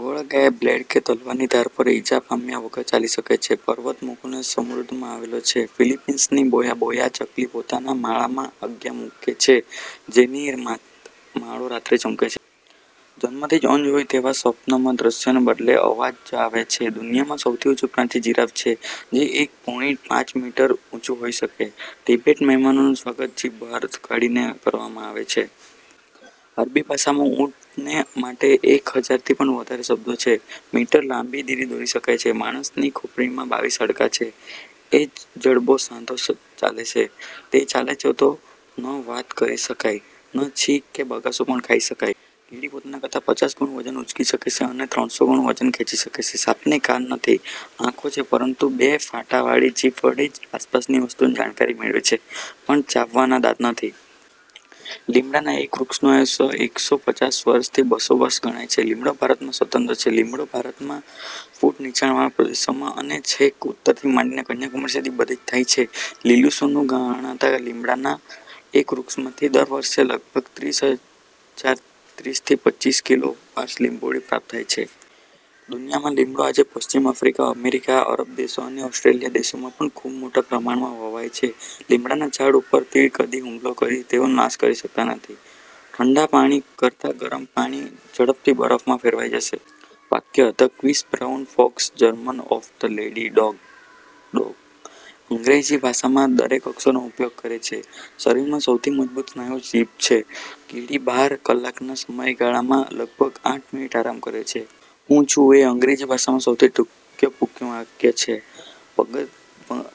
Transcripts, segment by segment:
ગોકળગાય blade કે તલવાર ની ધાર પર ઇજા પામ્યા વગર ચાલી શકે છે! પર્વત મોનોકોઆ સમુદ્રમાં આવેલો છે! ફિલિપાઇન્સન ની બોયા ચકલી પોતાના માળામાં આગિયા મૂકે છે, જેથી માળો રાત્રે ચમકે! જન્મથી જ અંધ હોય તેને સ્વપ્નમાં દ્રશ્યોને બદલે અવાજ જ આવે છે! દુનિયામાં સૌથી ઊંચું પ્રાણી જિરાફ છે, જે એક પોઇન્ટ પાંચ મીટર ઊંચું હોઇ શકે! તિબેટમાં મહેમાનોનું સ્વાગત જીભ બહાર કાઢીને કરવામાં આવે છે. અરબી ભાષામાં ઊંટને માટે એક હજારથી પણ વધારે શબ્દો છે! મીટર લાંબી લીટી દોરી શકાય છે! માણસની ખોપરીમાં બાવીસ હાડકાં છે, એક જ જડબાનો સાંધો ચાલે છે! તે ન ચાલે તો? ન વાત કરી શકાય, ન છીંક કે બગાસું પણ ખાઇ શકાય! કીડી પોતાના કરતાં પચાસ ગણું વજન ઊંચકી શકે છે અને ત્રણ સો ગણું વજન ખેંચી શકે! સાપને કાન નથી, આંખો છે, પરંતુ બે ફાંટાવાળી જીભ વડે જ આસપાસની વસ્તુની જાણકારી મેળવે છે, પણ ચાવવાના દાંત નથી. લીમડાના એક વૃક્ષનું આયુષ્ય એક સો પચાસ થી બસો વર્ષનું ગણાય છે. લીમડો ભારતમાં સર્વત્ર થાય છે. લીમડો ભારતમાં ફૂટ નીચાણવાળા પ્રદેશોમાં અને છેક ઉત્તરથી માંડી કન્યાકુમારી સુધી બધે થાય છે. લીલું સોનું ગણાતા લીમડાના એક વૃક્ષમાંથી દર વર્ષે લગભગ તીસ થી પચાસકિલો ગ્રામ લીંબોળી પ્રાપ્ત થાય છે. દુનિયામાં લીમડો આજે પશ્ચિમ આફ્રિકા, અમેરિકા, આરબદેશો અને ઑસ્ટ્રેલિયા દેશોમાં પણ ખૂબ મોટા પ્રમાણમાં વવાય છે. લીમડાના ઝાડ ઉપર તીડ કદી હુમલો કરી, તેનો નાશ કરી શકતા નથી. ઠંડા પાણી કરતાં ગરમ પાણી ઝડપથી બરફમાં ફેરવાઈ જશે. વાક્ય, "the quick brown fox jumps over the lazy dog" Angreji ભાષામાં દરેક અક્ષરનો ઉપયોગ કરે છે. શરીરમાં સૌથી મજબૂત સ્નાયુ જીભ છે. કીડી બાર કલાકના સમયગાળામાં લગભગ આઠ મિનિટ આરામ કરે છે। "હું છું" એ અંગ્રેજી ભાષામાં સૌથી ટૂંકું પૂર્ણ વાક્ય છે.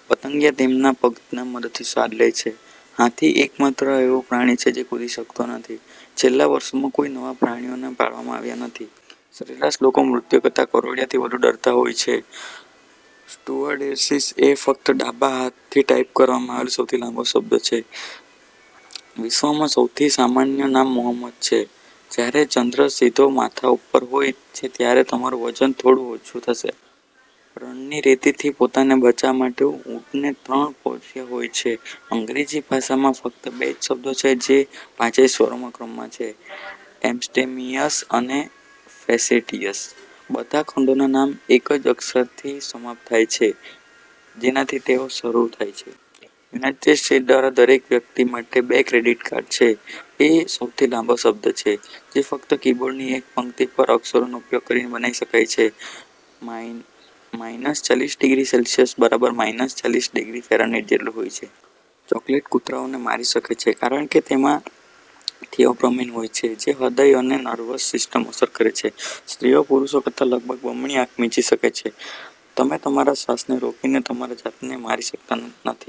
પતંગિયા તેમના પગ ની મદદ થી સ્વાદ લે છે. હાથી એકમાત્ર એવા પ્રાણી છે જે કૂદી શકતા નથી. છેલ્લા વર્ષોમાં, કોઈ નવા પ્રાણીઓને પાળવામાં આવ્યા નથી. સરેરાશ, લોકો મૃત્યુ કરતાં કરોળિયાથી વધુ ડરતા હોય છે. સ્ટુઅર્ડેસીસ એ ફક્ત ડાબા હાથથી ટાઇપ કરવામાં આવેલો સૌથી લાંબો શબ્દ છે. વિશ્વમાં સૌથી સામાન્ય નામ મોહમ્મદ છે. જ્યારે ચંદ્ર સીધો માથા ઉપર હોય છે, ત્યારે તમારું વજન થોડું ઓછું થશે. રણની રેતીથી પોતાને બચાવવા માટે ઊંટને ત્રણ પોપચા હોય છે. અંગ્રેજી ભાષામાં ફક્ત બે જ શબ્દો છે જેમાં પાંચેય સ્વરો ક્રમમાં છે: "એબ્સ્ટેમિયસ" અને "ફેસીટીયસ. " બધા ખંડોના નામ એ જ અક્ષરથી સમાપ્ત થાય છે જેનાથી તેઓ શરૂ થાય છે. યુનાઇટેડ સ્ટેટ્સમાં દરેક વ્યક્તિ માટે બે ક્રેડિટ કાર્ડ છે. એ સૌથી લાંબો શબ્દ છે જે ફક્ત કીબોર્ડની એક પંક્તિ પરના અક્ષરોનો ઉપયોગ કરીને બનાવી શકાય છે. માઈનસ ચાલીસ ડિગ્રી સેલ્સિયસ બરાબર માઈનસ ચાલીસ ડિગ્રી ફેરનહીટ જેટલું જ છે। ચોકલેટ કૂતરાઓને મારી શકે છે, કારણ કે તેમાં થિયોબ્રોમિન હોય છે, જે તેમના હૃદય અને નર્વસ સિસ્ટમને અસર કરે છે. સ્ત્રીઓ પુરૂષો કરતા લગભગ બમણી આંખ મીંચે છે! તમે તમારા શ્વાસને રોકીને તમારી જાતને મારી શકતા નથી.